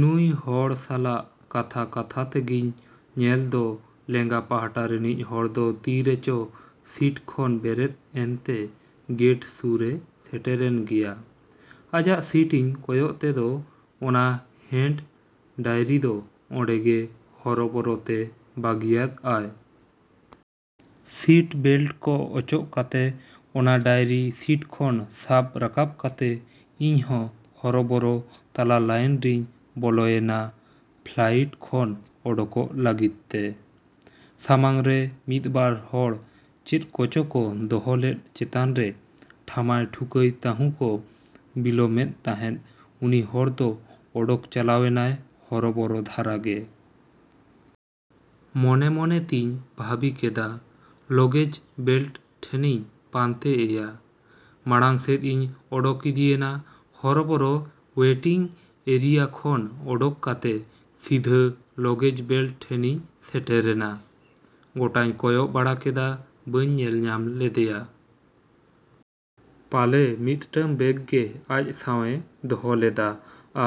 ᱱᱩᱭ ᱦᱚᱲ ᱥᱟᱞᱟᱜ ᱠᱟᱛᱷᱟ ᱠᱟᱛᱷᱟ ᱛᱮᱜᱮᱧ ᱧᱮᱞ ᱫᱚ ᱞᱮᱸᱜᱟ ᱯᱟᱦᱴᱟ ᱨᱤᱱᱤᱡ ᱦᱚᱲ ᱫᱚ ᱛᱤ ᱨᱮᱪᱚ ᱥᱤᱴ ᱠᱷᱚᱱ ᱵᱮᱨᱮᱫ ᱮᱱ ᱛᱮ ᱜᱮᱴ ᱥᱩᱨ ᱮ ᱥᱮᱴᱮᱨ ᱮᱱ ᱜᱮᱭᱟ ᱾ ᱟᱡᱟᱜ ᱥᱤᱴ ᱤᱧ ᱠᱚᱭᱚᱜ ᱛᱮ ᱫᱚ ᱚᱱᱟ ᱦᱮᱸᱰ ᱰᱟᱭᱨᱤ ᱫᱚ ᱚᱸᱰᱮ ᱜᱮ ᱦᱚᱨᱚᱵᱚᱨᱚ ᱛᱮ ᱵᱟᱹᱜᱤᱭᱟᱫ ᱟᱭ ᱾ ᱥᱤᱴ ᱵᱮᱞᱴ ᱠᱚ ᱚᱪᱚᱜ ᱠᱟᱛᱮ ᱚᱱᱟ ᱰᱟᱭᱨᱤ ᱥᱤᱴ ᱠᱷᱚᱱ ᱥᱟᱵ ᱨᱟᱠᱟᱵ ᱠᱟᱛᱮ ᱤᱧ ᱦᱚᱸ ᱦᱚᱨᱚᱵᱚᱨᱚ ᱛᱟᱞᱟ ᱞᱟᱭᱤᱱ ᱨᱤᱧ ᱵᱚᱞᱚᱭᱮᱱᱟ ᱯᱷᱞᱟᱭᱤᱴ ᱠᱷᱚᱱ ᱚᱰᱚᱠᱚᱜ ᱞᱟᱹᱜᱤᱫ ᱛᱮ ᱾ ᱥᱟᱢᱟᱝ ᱨᱮ ᱢᱤᱫ ᱵᱟᱨ ᱦᱚᱲ ᱪᱮᱫ ᱠᱚ ᱪᱚ ᱠᱚ ᱫᱚᱦᱚ ᱞᱮᱫ ᱪᱮᱛᱟᱱ ᱨᱮ ᱴᱷᱟᱢᱟᱭ ᱴᱷᱩᱠᱟᱹᱭ ᱛᱟᱹᱦᱩᱸ ᱠᱚ ᱵᱤᱞᱚᱢᱮᱫ ᱛᱟᱦᱮᱸᱫ ᱩᱱᱤ ᱦᱚᱲ ᱫᱚ ᱚᱰᱚᱠ ᱪᱟᱞᱟᱣᱮᱱᱟᱭ ᱦᱚᱨᱚᱵᱚᱨᱚ ᱫᱷᱟᱨᱟ ᱜᱮ ᱾ ᱢᱚᱱᱮ ᱢᱚᱱᱮ ᱛᱤᱧ ᱵᱷᱟᱹᱵᱤ ᱠᱮᱫᱼᱟ ᱞᱚᱜᱮᱡᱽ ᱵᱮᱞᱴ ᱴᱷᱮᱱᱤᱧ ᱯᱟᱱᱛᱮ ᱮᱭᱟ ᱾ ᱢᱟᱬᱟᱝ ᱥᱮᱫ ᱤᱧ ᱚᱰᱚᱠ ᱤᱫᱤᱭᱮᱱᱟ ᱦᱚᱨᱚᱵᱚᱨᱚ ᱣᱮᱴᱤᱝ ᱮᱨᱤᱭᱟ ᱠᱷᱚᱱ ᱚᱰᱚᱠ ᱠᱟᱛᱮ ᱥᱤᱫᱷᱟᱹ ᱞᱚᱜᱮᱡᱽ ᱵᱮᱞᱴ ᱴᱷᱮᱱ ᱤᱧ ᱥᱮᱴᱮᱨᱮᱱᱟ ᱾ ᱜᱚᱴᱟᱧ ᱠᱚᱭᱚᱜ ᱵᱟᱲᱟ ᱠᱮᱫᱼᱟ ᱵᱟᱹᱧ ᱧᱮᱞ ᱧᱟᱢ ᱞᱮᱫᱮᱭᱟ ᱾ ᱯᱟᱞᱮ ᱢᱤᱫᱴᱟᱹᱝ ᱵᱮᱜ ᱜᱮ ᱟᱡ ᱥᱟᱶ ᱮ ᱫᱚᱦᱚ ᱞᱮᱫᱼᱟ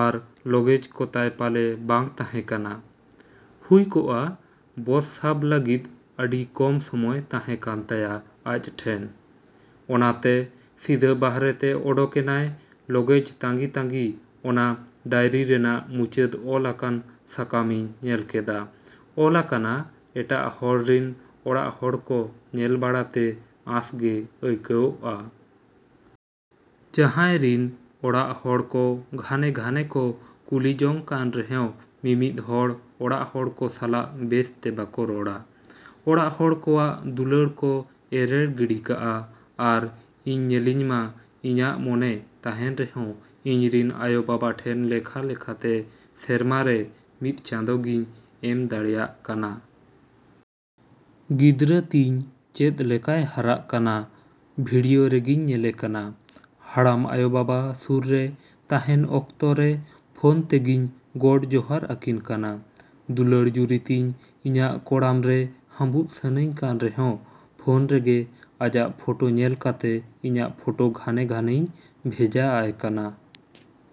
ᱟᱨ ᱞᱚᱜᱮᱡᱽ ᱠᱚ ᱛᱟᱭ ᱯᱟᱞᱮ ᱵᱟᱝ ᱛᱟᱦᱮᱸ ᱠᱟᱱᱟ ᱾ ᱦᱩᱭ ᱠᱚᱜᱼᱟ ᱵᱚᱥ ᱥᱟᱵ ᱞᱟᱹᱜᱤᱫ ᱟᱹᱰᱤ ᱠᱚᱢ ᱥᱚᱢᱚᱭ ᱛᱟᱦᱮᱸ ᱠᱟᱱ ᱛᱟᱭᱟ ᱟᱡ ᱴᱷᱮᱱ᱾ ᱚᱱᱟ ᱛᱮ ᱥᱤᱫᱷᱟᱹ ᱵᱟᱦᱨᱮ ᱛᱮ ᱚᱰᱚᱠ ᱮᱱᱟᱭ ᱞᱚᱜᱮᱡᱽ ᱛᱟᱺᱜᱤ ᱛᱟᱺᱜᱤ ᱚᱱᱟ ᱰᱟᱹᱭᱨᱤ ᱨᱮᱱᱟᱜ ᱢᱩᱪᱟᱹᱫ ᱚᱞ ᱟᱠᱟᱱ ᱥᱟᱠᱟᱢᱤᱧ ᱧᱮᱞ ᱠᱮᱫᱼᱟ ᱚᱞ ᱟᱠᱟᱱᱟ ᱮᱴᱟᱜ ᱦᱚᱲ ᱨᱤᱱ ᱚᱲᱟᱜ ᱦᱚᱲ ᱠᱚ ᱧᱮᱞ ᱵᱟᱲᱟ ᱛᱮ ᱟᱸᱥ ᱜᱮ ᱟᱹᱭᱠᱟᱹᱣᱜᱼᱟ ᱾ ᱡᱟᱦᱟᱸᱭ ᱨᱤᱱ ᱚᱲᱟᱜ ᱦᱚᱲ ᱠᱚ ᱜᱷᱟᱱᱮ ᱜᱷᱟᱱᱮ ᱠᱚ ᱠᱩᱞᱤ ᱡᱚᱝ ᱠᱟᱱ ᱨᱮᱦᱚᱸ ᱢᱤᱢᱤᱫ ᱦᱚᱲ ᱚᱲᱟᱜ ᱦᱚᱲ ᱠᱚ ᱥᱟᱞᱟᱜ ᱵᱮᱥ ᱛᱮ ᱵᱟᱠᱚ ᱨᱚᱲᱟ ᱾ ᱚᱲᱟᱜ ᱦᱚᱲ ᱠᱚᱣᱟᱜ ᱫᱩᱞᱟᱹᱲ ᱠᱚ ᱮᱨᱮᱲ ᱜᱤᱰᱤ ᱠᱟᱜᱼᱟ ᱟᱨ ᱤᱧ ᱧᱮᱞᱤᱧ ᱢᱟ ᱤᱧᱟᱜ ᱢᱚᱱᱮ ᱛᱟᱦᱮᱸᱱ ᱨᱮᱦᱚᱸ ᱤᱧ ᱨᱤᱱ ᱟᱭᱳ ᱵᱟᱵᱟ ᱴᱷᱮᱱ ᱞᱮᱠᱷᱟ ᱞᱮᱠᱷᱟ ᱛᱮ ᱥᱮᱨᱢᱟ ᱨᱮ ᱢᱤᱫ ᱪᱟᱸᱫᱚ ᱜᱤᱧ ᱮᱢ ᱫᱟᱲᱮᱭᱟᱜ ᱠᱟᱱᱟ ᱾ ᱜᱤᱫᱽᱨᱟᱹ ᱛᱤᱧ ᱪᱮᱫ ᱞᱮᱠᱟᱭ ᱦᱟᱨᱟᱜ ᱠᱟᱱᱟ ᱵᱷᱤᱰᱤᱭᱳ ᱨᱮᱜᱤᱧ ᱧᱮᱞᱮ ᱠᱟᱱᱟ ᱾ ᱦᱟᱲᱟᱢ ᱟᱭᱳ ᱵᱟᱵᱟ ᱥᱩᱨ ᱨᱮ ᱛᱟᱦᱮᱸᱱ ᱚᱠᱛᱚ ᱨᱮ ᱯᱷᱳᱱ ᱛᱮᱜᱤᱧ ᱜᱳᱰ ᱡᱚᱦᱟᱨ ᱟᱹᱠᱤᱱ ᱠᱟᱱᱟ ᱾ᱫᱩᱞᱟᱹᱲ ᱡᱩᱨᱤ ᱛᱤᱧ ᱤᱧᱟᱜ ᱠᱚᱲᱟᱢ ᱨᱮ ᱦᱟᱺᱵᱩᱫ ᱥᱟᱹᱱᱟᱹᱧ ᱠᱟᱱ ᱨᱮᱦᱚᱸ ᱯᱷᱳᱱ ᱨᱮᱜᱮ ᱟᱡᱟᱜ ᱯᱷᱳᱴᱚ ᱧᱮᱞ ᱠᱟᱛᱮ ᱤᱧᱟᱜ ᱯᱷᱳᱴᱚ ᱜᱷᱟᱱᱮ ᱜᱷᱟᱱᱮᱧ ᱵᱷᱮᱡᱟ ᱟᱭ ᱠᱟᱱᱟ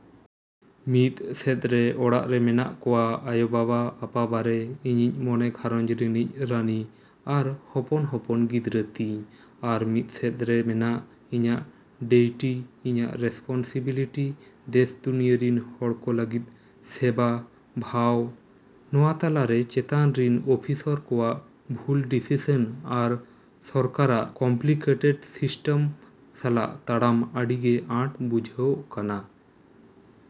᱾ ᱢᱤᱫ ᱥᱮᱫ ᱨᱮ ᱚᱲᱟᱜ ᱨᱮ ᱢᱮᱱᱟᱜ ᱠᱚᱣᱟ ᱟᱭᱳ ᱵᱟᱵᱟ ᱟᱯᱟ ᱵᱟᱨᱮ ᱤᱧᱤᱡ ᱢᱚᱱᱮ ᱜᱷᱟᱨᱚᱸᱡᱽ ᱨᱤᱱᱤᱡ ᱨᱟᱹᱱᱤ ᱟᱨ ᱦᱚᱯᱚᱱ ᱦᱚᱯᱚᱱ ᱜᱤᱫᱽᱨᱟᱹ ᱛᱤᱧ ᱟᱨ ᱢᱤᱫ ᱥᱮᱫ ᱨᱮ ᱢᱮᱱᱟᱜ ᱤᱧᱟᱜ ᱰᱮᱭᱴᱤ ᱤᱧᱟᱜ ᱨᱮᱥᱯᱚᱱᱥᱤᱵᱤᱞᱤᱴᱤ ᱫᱮᱥ ᱫᱩᱱᱤᱭᱟᱹ ᱨᱤᱱ ᱦᱚᱲ ᱠᱚ ᱞᱟᱹᱜᱤᱫ ᱥᱮᱵᱟ ᱵᱷᱟᱣ ᱱᱚᱶᱟ ᱛᱟᱞᱟ ᱨᱮ ᱪᱮᱛᱟᱱ ᱨᱤᱱ ᱚᱯᱷᱤᱥᱚᱨ ᱠᱚᱣᱟᱜ ᱵᱷᱩᱞ ᱰᱤᱥᱤᱥᱚᱱ ᱟᱨ ᱥᱚᱨᱠᱟᱨᱟᱜ ᱠᱚᱢᱯᱞᱤᱠᱮᱴᱮᱰ ᱥᱤᱥᱴᱚᱢ ᱥᱟᱞᱟᱜ ᱛᱟᱲᱟᱢ ᱟᱹᱰᱤ ᱜᱮ ᱟᱸᱴ ᱵᱩᱡᱷᱟᱹᱣᱜ ᱠᱟᱱᱟ ᱾।